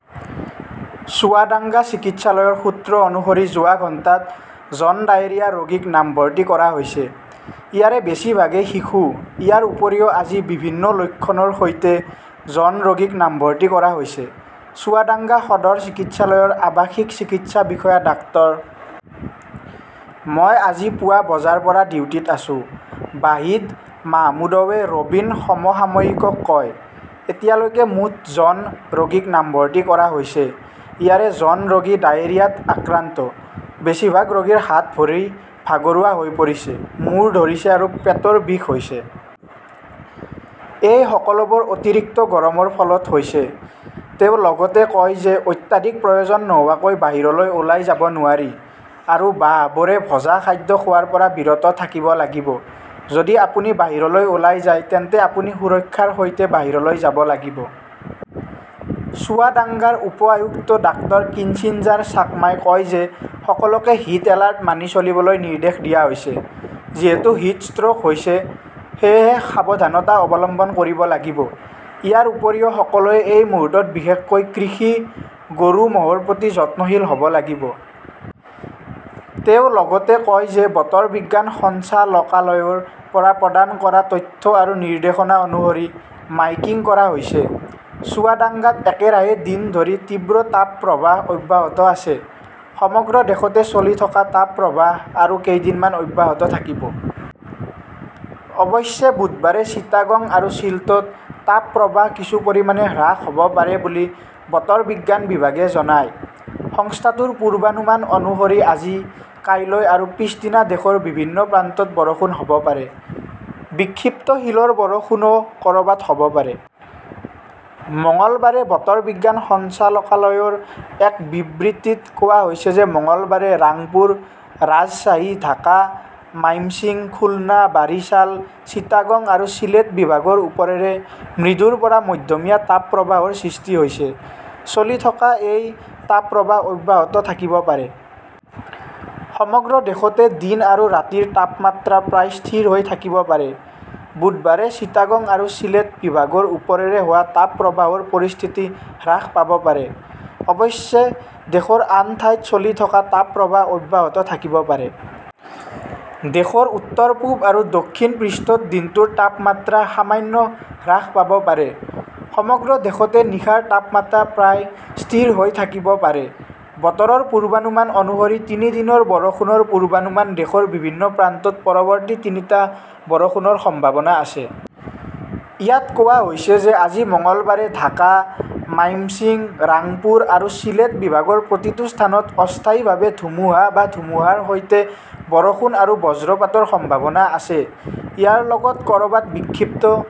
চুৱাদাঙ্গা চিকিৎসালয়ৰ সূত্ৰ অনুসৰি যোৱা ঘণ্টাত জন ডায়েৰিয়া ৰোগীক নামভৰ্তি কৰা হৈছে। ইয়াৰে বেছিভাগেই শিশু। ইয়াৰ উপৰিও আজি বিভিন্ন লক্ষণৰ সৈতে জন ৰোগীক নামভৰ্তি কৰা হৈছে। চুৱাদাঙ্গা সদৰ চিকিৎসালয়ৰ আৱাসিক চিকিৎসা বিষয়া ডাঃ। মই আজি পুৱা বজাৰ পৰা ডিউটিত আছো ", ৱাহিদ মাহমুদৱে ৰবিন সমসাময়িকক কয়। এতিয়ালৈকে মুঠ জন ৰোগীক নামভৰ্তি কৰা হৈছে। ইয়াৰে জন ৰোগী ডায়েৰিয়াত আক্ৰান্ত। বেছিভাগ ৰোগীৰ হাত-ভৰি ভাগৰুৱা হৈ পৰিছে, মূৰ ধৰিছে আৰু পেটৰ বিষ হৈছে। এই সকলোবোৰ অতিৰিক্ত গৰমৰ ফলত হৈছে। তেওঁ লগতে কয় যে অত্যাধিক প্ৰয়োজন নোহোৱাকৈ বাহিৰলৈ ওলাই যাব নোৱাৰি। আৰু বাঁহবোৰে ভজা খাদ্য খোৱাৰ পৰা বিৰত থাকিব লাগিব। যদি আপুনি বাহিৰলৈ ওলাই যায় তেন্তে আপুনি সুৰক্ষাৰ সৈতে বাহিৰলৈ যাব লাগিব। চুৱাদাঙ্গাৰ উপ-আয়ুক্ত ডাঃ কিচিঞ্জাৰ চাকমাই কয় যে সকলোকে হিট এলাৰ্ট মানি চলিবলৈ নিৰ্দেশ দিয়া হৈছে। যিহেতু হিট ষ্ট্ৰোক হৈছে। সেয়েহে সাৱধানতা অৱলম্বন কৰিব লাগিব। ইয়াৰ উপৰিও, সকলোৱে এই মুহূৰ্তত বিশেষকৈ কৃষি, গৰু-ম "হৰ প্ৰতি যত্নশীল হ" ব লাগিব। তেওঁ লগতে কয় যে বতৰ বিজ্ঞান সঞ্চালকালয়ৰ পৰা প্ৰদান কৰা তথ্য আৰু নিৰ্দেশনা অনুসৰি মাইকিং কৰা হৈছে। চুৱাদাংগাত একেৰাহে দিন ধৰি তীব্ৰ তাপপ্ৰবাহ অব্যাহত আছে। সমগ্ৰ দেশতে চলি থকা তাপপ্ৰবাহ আৰু কেইদিনমান অব্যাহত থাকিব। অৱশ্যে, বুধবাৰে চিটাগং আৰু চিল্টত তাপপ্ৰবাহ কিছু পৰিমাণে হ্ৰাস হ "ব পাৰে বুলি বতৰ বিজ্ঞান বিভাগে জনায়। সংস্থাটোৰ পূৰ্বানুমান অনুসৰি আজি, কাইলৈ আৰু পিছদিনা দেশৰ বিভিন্ন প্ৰান্তত বৰষুণ হ "ব পাৰে। বিক্ষিপ্ত শিলৰ বৰষুণও ক "ৰবাত হ" ব পাৰে। মঙলবাৰে বতৰ বিজ্ঞান সঞ্চালকালয়ৰ এক বিবৃতিত কোৱা হৈছে যে মঙলবাৰে ৰাংপুৰ, ৰাজশ্বাহী, ঢাকা, মাইমশ্বিং, খুলনা, বাৰিছাল, চিটাগং আৰু চিলেট বিভাগৰ ওপৰেৰে মৃদুৰ পৰা মধ্যমীয়া তাপপ্ৰবাহৰ সৃষ্টি হৈছে। চলি থকা এই তাপপ্ৰবাহ অব্যাহত থাকিব পাৰে। সমগ্ৰ দেশতে দিন আৰু ৰাতিৰ তাপমাত্ৰা প্ৰায় স্থিৰ হৈ থাকিব পাৰে। বুধবাৰে চিটাগং আৰু চিলেট বিভাগৰ ওপৰেৰে হোৱা তাপপ্ৰবাহৰ পৰিস্থিতি হ্ৰাস পাব পাৰে। অৱশ্যে, দেশৰ আন ঠাইত চলি থকা তাপপ্ৰবাহ অব্যাহত থাকিব পাৰে। দেশৰ উত্তৰ-পূব আৰু দক্ষিণ পৃষ্ঠত দিনটোৰ তাপমাত্ৰা সামান্য হ্ৰাস পাব পাৰে। সমগ্ৰ দেশতে নিশাৰ তাপমাত্ৰা প্ৰায় স্থিৰ হৈ থাকিব পাৰে। বতৰৰ পূৰ্বানুমান অনুসৰি, তিনি দিনৰ বৰষুণৰ পূৰ্বানুমান দেশৰ বিভিন্ন প্ৰান্তত পৰৱৰ্তী তিনিটা বৰষুণৰ সম্ভাৱনা আছে। ইয়াত কোৱা হৈছে যে আজি মঙলবাৰে ঢাকা, মাইমিংছিং, ৰাংপুৰ আৰু চিলেট বিভাগৰ প্ৰতিটো স্থানত অস্থায়ীভাৱে ধুমুহা বা ধুমুহাৰ সৈতে বৰষুণ আৰু বজ্ৰপাতৰ সম্ভাৱনা আছে। ইয়াৰ লগত ক "ৰবাত বিক্ষিপ্ত